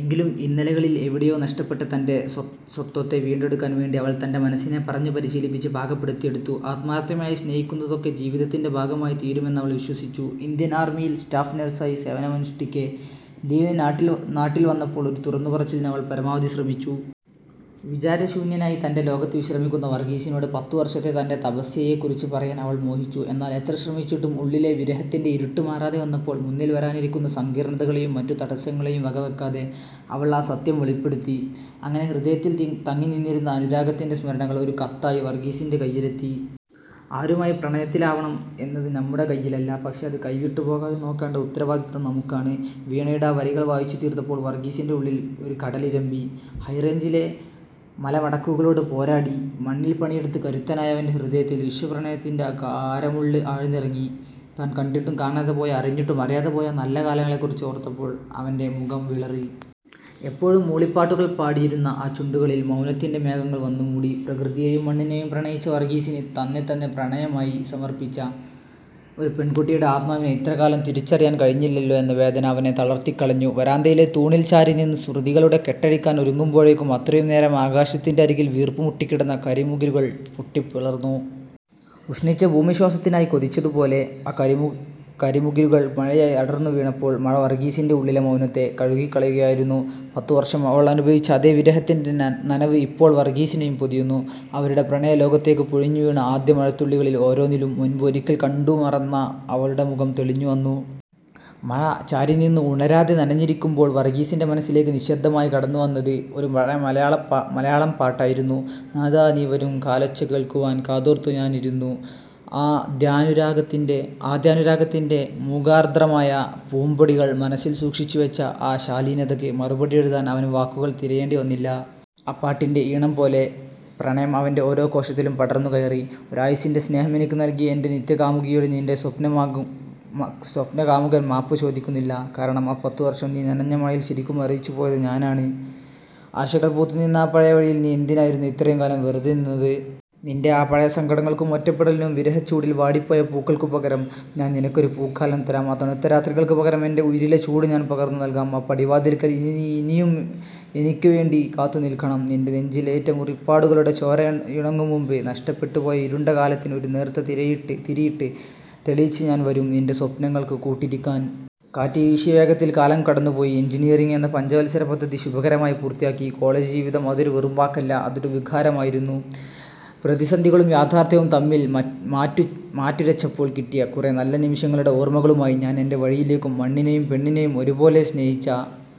എങ്കിലും, ഇന്നലെകളിൽ എവിടെയോ നഷ്ടപ്പെട്ട തന്റെ സ്വത്വത്തെ വീണ്ടെടുക്കാൻ വേണ്ടി അവൾ തന്റെ മനസ്സിനെ പറഞ്ഞു പരിശീലിപ്പിച്ച് പാകപ്പെടുത്തിയെടുത്തു. ആത്മാർത്ഥമായി സ്നേഹിക്കുന്നതൊക്കെ ജീവിതത്തിൻ്റെ ഭാഗമായി തീരുമെന്നവൾ വിശ്വസിച്ചു. ഇന്ത്യൻ ആർമിയിൽ സ്റ്റാഫ് നഴ്സായി സേവനമനുഷ്ഠിക്കെ ലീവിന് നാട്ടിൽ വന്നപ്പോൾ ഒരു തുറന്നുപറച്ചിലിന് അവൾ പരമാവധി ശ്രമിച്ചു. വിചാരശൂന്യനായി തന്റെ ലോകത്ത് വിശ്രമിക്കുന്ന വർഗീസിനോട്, പത്തു വർഷത്തെ തന്റെ തപസ്യയെക്കുറിച്ച് പറയാൻ അവൾ മോഹിച്ചു. എന്നാൽ എത്ര ശ്രമിച്ചിട്ടും ഉള്ളിലെ വിരഹത്തിന്റെ ഇരുട്ട് മാറാതെ വന്നപ്പോൾ, മുന്നിൽ വരാനിരിക്കുന്ന സങ്കീർണ്ണതകളെയും മറ്റു തടസ്സങ്ങളെയും വകവെക്കാതെ അവൾ ആ സത്യം വെളിപ്പെടുത്തി. അങ്ങനെ ഹൃദയത്തിൽ തിങ്ങിനിന്നിരുന്ന അനുരാഗത്തിന്റെ സ്മരണകൾ ഒരു കത്തായി വർഗീസിന്റെ കയ്യിലെത്തി. "ആരുമായി പ്രണയത്തിലാവണം എന്നത് നമ്മുടെ കയ്യിലല്ല, പക്ഷേ അത് കൈവിട്ടുപോകാതെ നോക്കേണ്ട ഉത്തരവാദിത്തം നമുക്കാണ്. " വീണയുടെ ആ വരികൾ വായിച്ചു തീർത്തപ്പോൾ വർഗീസിന്റെ ഉള്ളിൽ ഒരു കടലിരമ്പി. ഹൈറേഞ്ചിലെ മലമടക്കുകളോട് പോരാടി, മണ്ണിൽ പണിയെടുത്ത് കരുത്തനായവന്റെ ഹൃദയത്തിൽ വിശ്വപ്രണയത്തിന്റെ ആ കാരമുള്ള് ആഴ്ന്നിറങ്ങി. താൻ കണ്ടിട്ടും കാണാതെ പോയ, അറിഞ്ഞിട്ടും അറിയാതെ പോയ ആ നല്ല കാലങ്ങളെക്കുറിച്ച് ഓർത്തപ്പോൾ അവന്റെ മുഖം വിളറി. എപ്പോഴും മൂളിപ്പാട്ടുകൾ പാടിയിരുന്ന ആ ചുണ്ടുകളിൽ മൗനത്തിന്റെ മേഘങ്ങൾ വന്നു മൂടി. പ്രകൃതിയെയും മണ്ണിനെയും പ്രണയിച്ച വർഗീസിന്, തന്നെത്തന്നെ പ്രണയമായി സമർപ്പിച്ച ഒരു പെൺകുട്ടിയുടെ ആത്മാവിനെ ഇത്രകാലം തിരിച്ചറിയാൻ കഴിഞ്ഞില്ലല്ലോ എന്ന വേദന അവനെ തളർത്തിക്കളഞ്ഞു. വരാന്തയിലെ തൂണിൽ ചാരി നിന്ന് സ്മൃതികളുടെ കെട്ടഴിക്കാൻ ഒരുങ്ങുമ്പോഴേക്കും, അത്രയും നേരം ആകാശത്തിന്റെ അരികിൽ വീർപ്പുമുട്ടിക്കിടന്ന കരിമുകിലുകൾ പൊട്ടിപ്പിളർന്നു. ഉഷ്ണിച്ച ഭൂമി ശ്വാസത്തിനായി കൊതിച്ചതുപോലെ, ആ കരിമുകിലുകൾ മഴയായി അടർന്നുവീണപ്പോൾ മഴ വർഗീസിന്റെ ഉള്ളിലെ മൗനത്തെ കഴുകിക്കളയുകയായിരുന്നു. പത്തു വർഷം അവൾ അനുഭവിച്ച അതേ വിരഹത്തിന്റെ നനവ് ഇപ്പോൾ വർഗീസിനെയും പൊതിയുന്നു. അവരുടെ പ്രണയലോകത്തേക്ക് പൊഴിഞ്ഞുവീണ ആദ്യ മഴത്തുള്ളികളിൽ ഓരോന്നിലും, മുൻപ് ഒരിക്കൽ കണ്ടുമറന്ന അവളുടെ മുഖം തെളിഞ്ഞുവന്നു. മഴ ചാരിനിന്ന് ഉണരാതെ നനഞ്ഞിരിക്കുമ്പോൾ വർഗീസിന്റെ മനസ്സിലേക്ക് നിശ്ശബ്ദമായി കടന്നുവന്നത് ഒരു പഴയ മലയാളം പാട്ടായിരുന്നു. "നാഥാ നീ വരും കാലൊച്ച കേൾക്കുവാൻ, കാതോർത്തു ഞാനിരുന്നു... " ആദ്യാനുരാഗത്തിന്റെ മൂകാർദ്രമായ പൂംപൊടികൾ മനസ്സിൽ സൂക്ഷിച്ചു വെച്ച ആ ശാലീനതയ്ക്ക് മറുപടി എഴുതാൻ അവന് വാക്കുകൾ തിരയേണ്ടി വന്നില്ല. ആ പാട്ടിന്റെ ഈണം പോലെ പ്രണയം അവന്റെ ഓരോ കോശത്തിലും പടർന്നു കയറി. "ഒരായുസ്സിന്റെ സ്നേഹം എനിക്ക് നൽകിയ എന്റെ നിത്യകാമുകിയോട് നിന്റെ സ്വപ്നകാമുകൻ മാപ്പ് ചോദിക്കുന്നില്ല. കാരണം, ആ പത്തു വർഷം നീ നനഞ്ഞ മഴയിൽ ശരിക്കും മരവിച്ചുപോയത് ഞാനാണ്. ആശകൾ പൂത്തുനിന്ന ആ പഴയ വഴിയിൽ നീ എന്തിനായിരുന്നു ഇത്രയും കാലം വെറുതെ നിന്നത്? നിന്റെ ആ പഴയ സങ്കടങ്ങൾക്കും ഒറ്റപ്പെടലിനും വിരഹച്ചൂടിൽ വാടിപ്പോയ പൂക്കൾക്കും പകരം, ഞാൻ നിനക്കൊരു പൂക്കാലം തരാം. ആ തണുത്ത രാത്രികൾക്ക് പകരം എന്റെ ഉയിരിലെ ചൂട് ഞാൻ പകർന്നു നൽകാം. ആ പടിവാതിൽക്കൽ ഇനി നീ ഇനിയും എനിക്ക് വേണ്ടി കാത്തുനിൽക്കണം. നിന്റെ നെഞ്ചിലേറ്റ മുറിപ്പാടുകളുടെ ചോരയുണങ്ങും മുൻപ്, നഷ്ടപ്പെട്ട്പോയ ഇരുണ്ട കാലത്തിന് ഒരു നേർത്ത തിരിയിട്ട് തെളിയിച്ച് ഞാൻ വരും, നിന്റെ സ്വപ്നങ്ങൾക്ക് കൂട്ടിരിക്കാൻ. " കാറ്റ് വീശിയ വേഗത്തിൽ കാലം കടന്നുപോയി. എൻജിനീയറിങ് എന്ന പഞ്ചവത്സര പദ്ധതി ശുഭകരമായി പൂർത്തിയാക്കി. "കോളജ് ജീവിതം"അതൊരു വെറും വാക്കല്ല, അതൊരു വികാരമായിരുന്നു. പ്രതിസന്ധികളും യാഥാർത്ഥ്യവും തമ്മിൽ മാറ്റുരച്ചപ്പോൾ കിട്ടിയ കുറെ നല്ല നിമിഷങ്ങളുടെ ഓർമ്മകളുമായി ഞാൻ എന്റെ വഴിയിലേക്കും, മണ്ണിനെയും പെണ്ണിനെയും ഒരുപോലെ സ്നേഹിച്ച